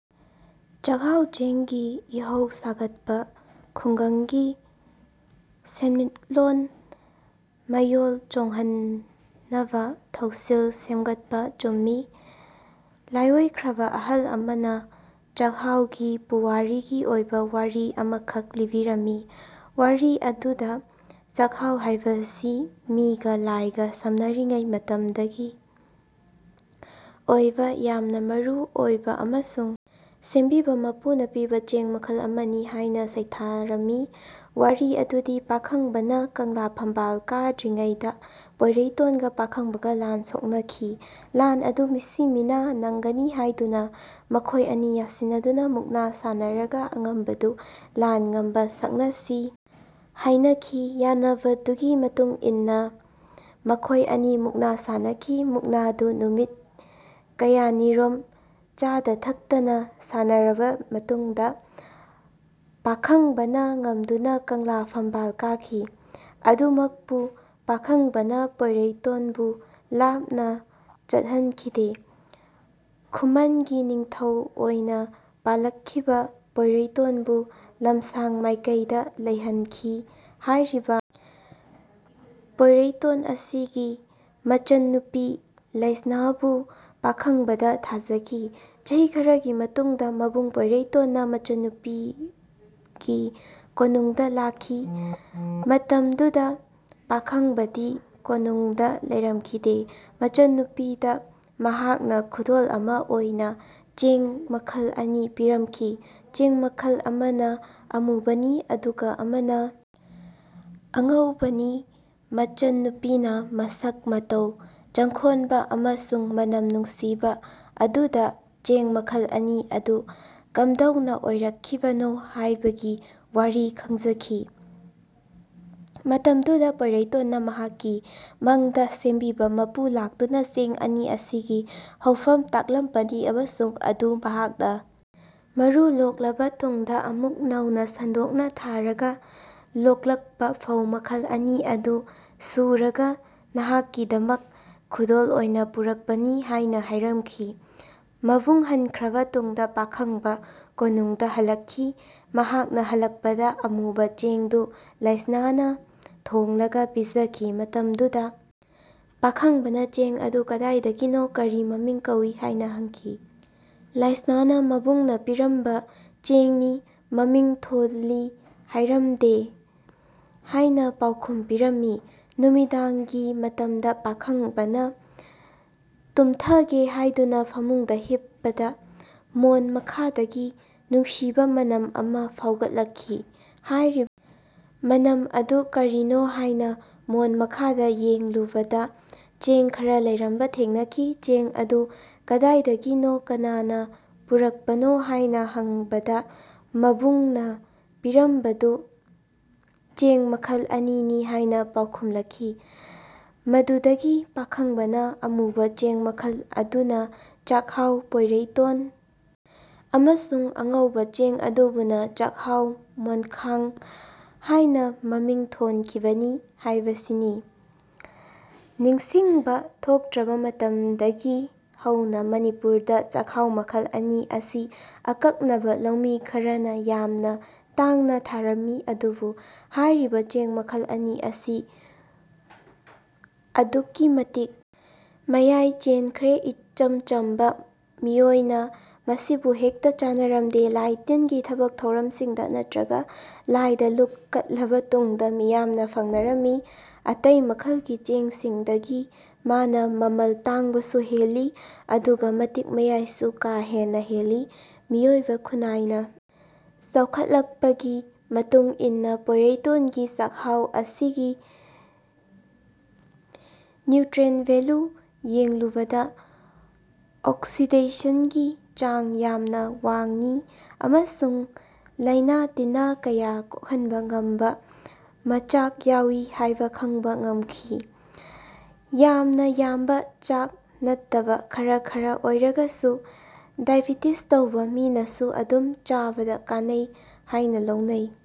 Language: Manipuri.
ꯆꯥꯛꯍꯥꯎ ꯆꯦꯡꯒꯤ ꯏꯍꯧ ꯁꯥꯒꯠꯄ ꯈꯨꯡꯒꯪꯒꯤ ꯁꯦꯟꯃꯤꯠꯂꯣꯟ ꯃꯌꯣꯜ ꯆꯣꯡꯍꯟꯅꯕ ꯊꯧꯁꯤꯜ ꯁꯦꯝꯒꯠꯄ ꯆꯨꯝꯃꯤ ꯂꯥꯏꯑꯣꯏꯈ꯭ꯔꯕ ꯑꯍꯜ ꯑꯃꯅ ꯆꯥꯛꯍꯥꯎꯒꯤ ꯄꯨꯋꯥꯔꯤꯒꯤ ꯑꯣꯏꯕ ꯋꯥꯔꯤ ꯑꯃꯈꯛ ꯂꯤꯕꯤꯔꯝꯃꯤ꯫ ꯋꯥꯔꯤ ꯑꯗꯨꯗ ꯆꯥꯛꯍꯥꯎ ꯍꯥꯏꯕꯁꯤ ꯃꯤꯒ ꯂꯥꯏꯒ ꯁꯝꯅꯔꯤꯉꯩ ꯃꯇꯝꯒꯤ ꯑꯣꯏꯕ ꯌꯥꯝꯅ ꯃꯔꯨ ꯑꯣꯏꯕ ꯑꯃꯁꯨꯡ ꯁꯦꯝꯕꯤꯕ ꯃꯄꯨꯅ ꯄꯤꯕ ꯆꯦꯡ ꯃꯈꯜ ꯑꯃꯅꯤ ꯍꯥꯏꯅ ꯁꯩꯊꯥꯔꯝꯃꯤ꯫ ꯋꯥꯔꯤ ꯑꯗꯨꯗꯤ ꯄꯥꯈꯪꯕꯅ ꯀꯪꯂꯥ ꯐꯝꯕꯥꯜ ꯀꯥꯗ꯭ꯔꯤꯉꯩꯗ ꯄꯣꯏꯔꯩꯇꯣꯟꯒ ꯄꯥꯈꯪꯕꯒ ꯂꯥꯟ ꯁꯣꯛꯅꯈꯤ꯫ ꯂꯥꯟ ꯑꯗꯨ ꯃꯤꯁꯤ ꯃꯤꯅꯥ ꯅꯪꯒꯅꯤ ꯍꯥꯏꯗꯨꯅ ꯃꯈꯣꯏ ꯑꯅꯤ ꯌꯥꯟꯅꯗꯨꯅ ꯃꯨꯛꯅ ꯁꯥꯟꯅꯔꯒ ꯑꯉꯝꯕꯗꯨꯅ ꯂꯥꯟ ꯉꯝꯕ ꯁꯛꯅꯁꯤ ꯍꯥꯏꯅꯈꯤ꯫ ꯌꯥꯅꯕꯗꯨꯒꯤ ꯃꯇꯨꯡ ꯏꯟꯅ ꯃꯈꯣꯏ ꯑꯅꯤ ꯃꯨꯛꯅ ꯁꯥꯟꯅꯈꯤ꯫ ꯃꯨꯛꯅꯥꯗꯨ ꯅꯨꯃꯤꯠ ꯀꯌꯥꯅꯤꯔꯣꯝ ꯆꯥꯗ-ꯊꯛꯇꯅ ꯁꯥꯟꯅꯔꯕ ꯃꯇꯨꯡꯗ ꯄꯥꯈꯪꯕꯅ ꯉꯝꯗꯨꯅ ꯀꯪꯂꯥ ꯐꯝꯕꯥꯜ ꯀꯥꯈꯤ꯫ ꯑꯗꯨꯃꯛꯄꯨ ꯄꯥꯈꯪꯕꯅ ꯄꯣꯏꯔꯩꯇꯣꯟꯕꯨ ꯂꯥꯞꯅ ꯆꯠꯍꯟꯈꯤꯗꯦ꯫ ꯈꯨꯃꯟꯒꯤ ꯅꯤꯡꯊꯧ ꯑꯣꯏꯅ ꯄꯥꯜꯂꯛꯈꯤꯕ ꯄꯣꯏꯔꯩꯇꯣꯟꯕꯨ ꯂꯝꯁꯥꯡ ꯃꯥꯏꯀꯩꯗ ꯂꯩꯍꯟꯈꯤ꯫ ꯍꯥꯏꯔꯤꯕ ꯄꯣꯏꯔꯩꯇꯣꯟ ꯑꯁꯤꯒꯤ ꯃꯆꯟꯅꯨꯄꯤ ꯂꯥꯏꯁꯅꯥꯕꯨ ꯄꯥꯈꯪꯕꯗ ꯊꯥꯖꯈꯤ꯫ ꯆꯍꯤ ꯈꯔꯒꯤ ꯇꯨꯡꯗ ꯃꯕꯨꯡ ꯄꯣꯏꯔꯩꯇꯣꯟꯅ ꯃꯆꯟꯅꯨꯄꯤꯒꯤ ꯀꯣꯅꯨꯡꯗ ꯂꯥꯛꯈꯤ꯫ ꯃꯇꯝꯗꯨꯗ ꯄꯥꯈꯪꯕꯗꯤ ꯀꯣꯅꯨꯡꯗ ꯂꯩꯔꯝꯈꯤꯗꯦ꯫ ꯃꯆꯟꯅꯨꯄꯤꯗ ꯃꯍꯥꯛꯅ ꯈꯨꯗꯣꯜ ꯑꯃ ꯑꯣꯏꯅ ꯆꯦꯡ ꯃꯈꯜ ꯑꯅꯤ ꯄꯤꯔꯝꯈꯤ꯫ ꯆꯦꯡ ꯃꯈꯜ ꯑꯃꯅ ꯑꯃꯨꯕꯅꯤ ꯑꯗꯨꯒ ꯑꯃꯅ ꯑꯉꯧꯕꯅꯤ꯫ ꯃꯆꯟꯅꯨꯄꯤꯅ ꯃꯁꯛ ꯃꯇꯧ ꯆꯪꯈꯣꯟꯕ ꯑꯃꯁꯨꯡ ꯃꯅꯝ ꯅꯨꯡꯁꯤꯕ ꯑꯗꯨꯗ ꯆꯦꯡ ꯃꯈꯜ ꯑꯅꯤ ꯑꯗꯨ ꯀꯝꯗꯧꯅ ꯑꯣꯏꯔꯛꯈꯤꯕꯅꯣ ꯍꯥꯏꯕꯒꯤ ꯋꯥꯔꯤ ꯍꯪꯖꯈꯤ꯫ ꯃꯇꯝꯗꯨꯗ ꯄꯣꯏꯔꯩꯇꯣꯟꯅ ꯃꯍꯥꯛꯀꯤ ꯃꯪꯗ ꯁꯦꯝꯕꯤꯕ ꯃꯄꯨ ꯂꯥꯛꯇꯨꯅ ꯆꯦꯡ ꯑꯅꯤ ꯑꯁꯤꯒꯤ ꯍꯧꯐꯝ ꯇꯥꯛꯂꯝꯕꯅꯤ ꯑꯃꯁꯨꯡ ꯃꯗꯨ ꯃꯍꯥꯛꯅ ꯃꯔꯨ ꯂꯣꯛꯂꯕ ꯇꯨꯡꯗ ꯑꯃꯨꯛ ꯅꯧꯅ ꯁꯟꯗꯣꯛꯅ ꯊꯥꯔꯒ ꯂꯣꯛꯂꯛꯄ ꯐꯧ ꯃꯈꯜ ꯑꯅꯤ ꯑꯗꯨ ꯁꯨꯔꯒ ꯅꯍꯥꯛꯀꯤꯗꯃꯛ ꯈꯨꯗꯣꯜ ꯑꯣꯏꯅ ꯄꯨꯔꯛꯄꯅꯤ ꯍꯥꯏꯅ ꯍꯥꯏꯔꯝꯈꯤ꯫ ꯃꯕꯨꯡ ꯍꯟꯈ꯭ꯔꯕ ꯇꯨꯡꯗ ꯄꯥꯈꯪꯕ ꯀꯣꯅꯨꯡꯗ ꯍꯜꯂꯛꯈꯤ꯫ ꯃꯍꯥꯛꯅ ꯍꯜꯂꯛꯄꯗ ꯑꯃꯨꯕ ꯆꯦꯡꯗꯨ ꯂꯥꯏꯁꯅꯥꯅ ꯊꯣꯡꯂꯒ ꯄꯤꯖꯈꯤ꯫ ꯃꯇꯝꯗꯨꯗ ꯄꯥꯈꯪꯕꯅ ꯆꯦꯡ ꯑꯗꯨ ꯀꯗꯥꯏꯗꯒꯤꯅꯣ ꯀꯔꯤ ꯃꯃꯤꯡ ꯀꯧꯏ ꯍꯥꯏꯅ ꯍꯪꯈꯤ꯫ ꯂꯥꯏꯁꯅꯥꯅ ꯃꯕꯨꯡꯅ ꯄꯤꯔꯝꯕ ꯆꯦꯡꯅꯤ, ꯃꯃꯤꯡ ꯊꯣꯜꯂꯤ ꯍꯥꯏꯔꯝꯗꯦ ꯍꯥꯏꯅ ꯄꯥꯎꯈꯨꯝ ꯄꯤꯔꯝꯃꯤ꯫ ꯅꯨꯃꯤꯗꯥꯡꯒꯤ ꯃꯇꯝꯗ ꯄꯥꯈꯪꯕꯅ ꯇꯨꯝꯊꯒꯦ ꯍꯥꯏꯗꯨꯅ ꯐꯃꯨꯡꯗ ꯍꯤꯞꯄꯗ ꯃꯣꯟ ꯃꯈꯥꯗꯒꯤ ꯅꯨꯡꯁꯤꯕ ꯃꯅꯝ ꯑꯃ ꯐꯥꯎꯒꯠꯂꯛꯈꯤ꯫ ꯍꯥꯏꯔꯤꯕ ꯃꯅꯝ ꯑꯗꯨ ꯀꯔꯤꯅꯣ ꯍꯥꯏꯅ ꯃꯣꯟ ꯃꯈꯥꯗ ꯌꯦꯡꯂꯨꯕꯗ ꯆꯦꯡ ꯈꯔ ꯂꯩꯔꯝꯕ ꯊꯦꯡꯅꯈꯤ꯫ ꯆꯦꯡ ꯑꯗꯨ ꯀꯗꯥꯏꯗꯒꯤꯅꯣ ꯀꯅꯥꯅꯥ ꯄꯨꯔꯛꯄꯅꯣ ꯍꯥꯏꯅ ꯍꯪꯕꯗ ꯃꯕꯨꯡꯅ ꯄꯤꯔꯝꯕꯗꯨ ꯆꯦꯡ ꯃꯈꯜ ꯑꯅꯤꯅꯤ ꯍꯥꯏꯅ ꯄꯥꯎꯈꯨꯝꯂꯛꯈꯤ꯫ ꯃꯗꯨꯗꯒꯤ ꯄꯥꯈꯪꯕꯅ ꯑꯃꯨꯕ ꯆꯦꯡ ꯃꯈꯜ ꯑꯗꯨꯅ ꯆꯥꯛꯍꯥꯎ ꯄꯣꯏꯔꯩꯇꯣꯟ ꯑꯃꯁꯨꯡ ꯑꯉꯧꯕ ꯆꯦꯡ ꯑꯗꯨꯕꯨꯅ ꯆꯥꯛꯍꯥꯎ ꯃꯣꯟꯈꯥꯡ ꯍꯥꯏꯅ ꯃꯃꯤꯡ ꯊꯣꯟꯈꯤꯕꯅꯤ ꯍꯥꯏꯕꯁꯤꯅꯤ꯫ ꯅꯤꯡꯁꯤꯡꯕ ꯊꯣꯛꯇ꯭ꯔꯕ ꯃꯇꯝꯗꯒꯤ ꯍꯧꯅ ꯃꯅꯤꯄꯨꯔꯗ ꯆꯥꯛꯍꯥꯎ ꯃꯈꯜ ꯑꯅꯤ ꯑꯁꯤ ꯑꯀꯛꯅꯕ ꯂꯧꯃꯤ ꯈꯔꯅ ꯌꯥꯝꯅ ꯇꯥꯡꯅ ꯊꯥꯔꯝꯃꯤ꯫ ꯑꯗꯨꯕꯨ ꯍꯥꯏꯔꯤꯕ ꯆꯦꯡ ꯃꯈꯜ ꯑꯅꯤ ꯑꯁꯤ ꯑꯗꯨꯛꯀꯤ ꯃꯇꯤꯛ ꯃꯌꯥꯏ ꯆꯦꯟꯈ꯭ꯔꯦ꯫ ꯏꯆꯝ ꯆꯝꯕ ꯃꯤꯑꯣꯏꯅ ꯃꯁꯤꯕꯨ ꯍꯦꯛꯇ ꯆꯥꯅꯔꯝꯗꯦ꯫ ꯂꯥꯏ-ꯇꯤꯟꯒꯤ ꯊꯕꯛ ꯊꯧꯔꯝꯁꯤꯡꯗ ꯅꯠꯇ꯭ꯔꯒ ꯂꯥꯏꯗ ꯂꯨꯛ ꯀꯠꯂꯕ ꯇꯨꯡꯗ ꯃꯌꯥꯝꯅ ꯐꯪꯅꯔꯝꯃꯤ꯫ ꯑꯇꯩ ꯃꯈꯜꯒꯤ ꯆꯦꯡꯁꯤꯡꯗꯒꯤ ꯃꯥꯅꯥ ꯃꯃꯜ ꯇꯥꯡꯕꯁꯨ ꯍꯦꯜꯂꯤ ꯑꯗꯨꯒ ꯃꯇꯤꯛ ꯃꯌꯥꯏꯁꯨ ꯀꯥ ꯍꯦꯟꯅ ꯍꯦꯜꯂꯤ꯫ ꯃꯤꯑꯣꯏꯕ ꯈꯨꯟꯅꯥꯏꯅ ꯆꯥꯎꯈꯠꯂꯛꯄꯒꯤ ꯃꯇꯨꯡ ꯏꯟꯅ ꯄꯣꯏꯔꯩꯇꯣꯟꯒꯤ ꯆꯥꯛꯍꯥꯎ ꯑꯁꯤꯒꯤ ꯅ꯭ꯌꯨꯇ꯭ꯔꯦꯟꯠ ꯚꯦꯂꯨ ꯌꯦꯡꯂꯨꯕꯗ ꯑꯣꯛꯁꯤꯗꯦꯁꯟꯒꯤ ꯆꯥꯡ ꯌꯥꯝꯅ ꯋꯥꯡꯏ ꯑꯃꯁꯨꯡ ꯂꯥꯏꯅ ꯇꯤꯟꯅ ꯀꯌꯥ ꯀꯣꯛꯍꯟꯕ ꯉꯝꯕ ꯃꯆꯥꯛ ꯌꯥꯎꯏ ꯍꯥꯏꯕ ꯈꯪꯕ ꯉꯝꯈꯤ꯫ ꯌꯥꯝꯅ ꯌꯥꯝꯕ ꯆꯥꯡ ꯅꯠꯇꯕ ꯈꯔ ꯈꯔ ꯑꯣꯏꯔꯒꯁꯨ ꯗꯥꯏꯕꯦꯇꯤꯁ ꯇꯧꯕ ꯃꯤꯅꯁꯨ ꯑꯗꯨꯝ ꯆꯥꯕꯗ ꯀꯥꯟꯅꯩ ꯍꯥꯏꯅ ꯂꯧꯅꯩ꯫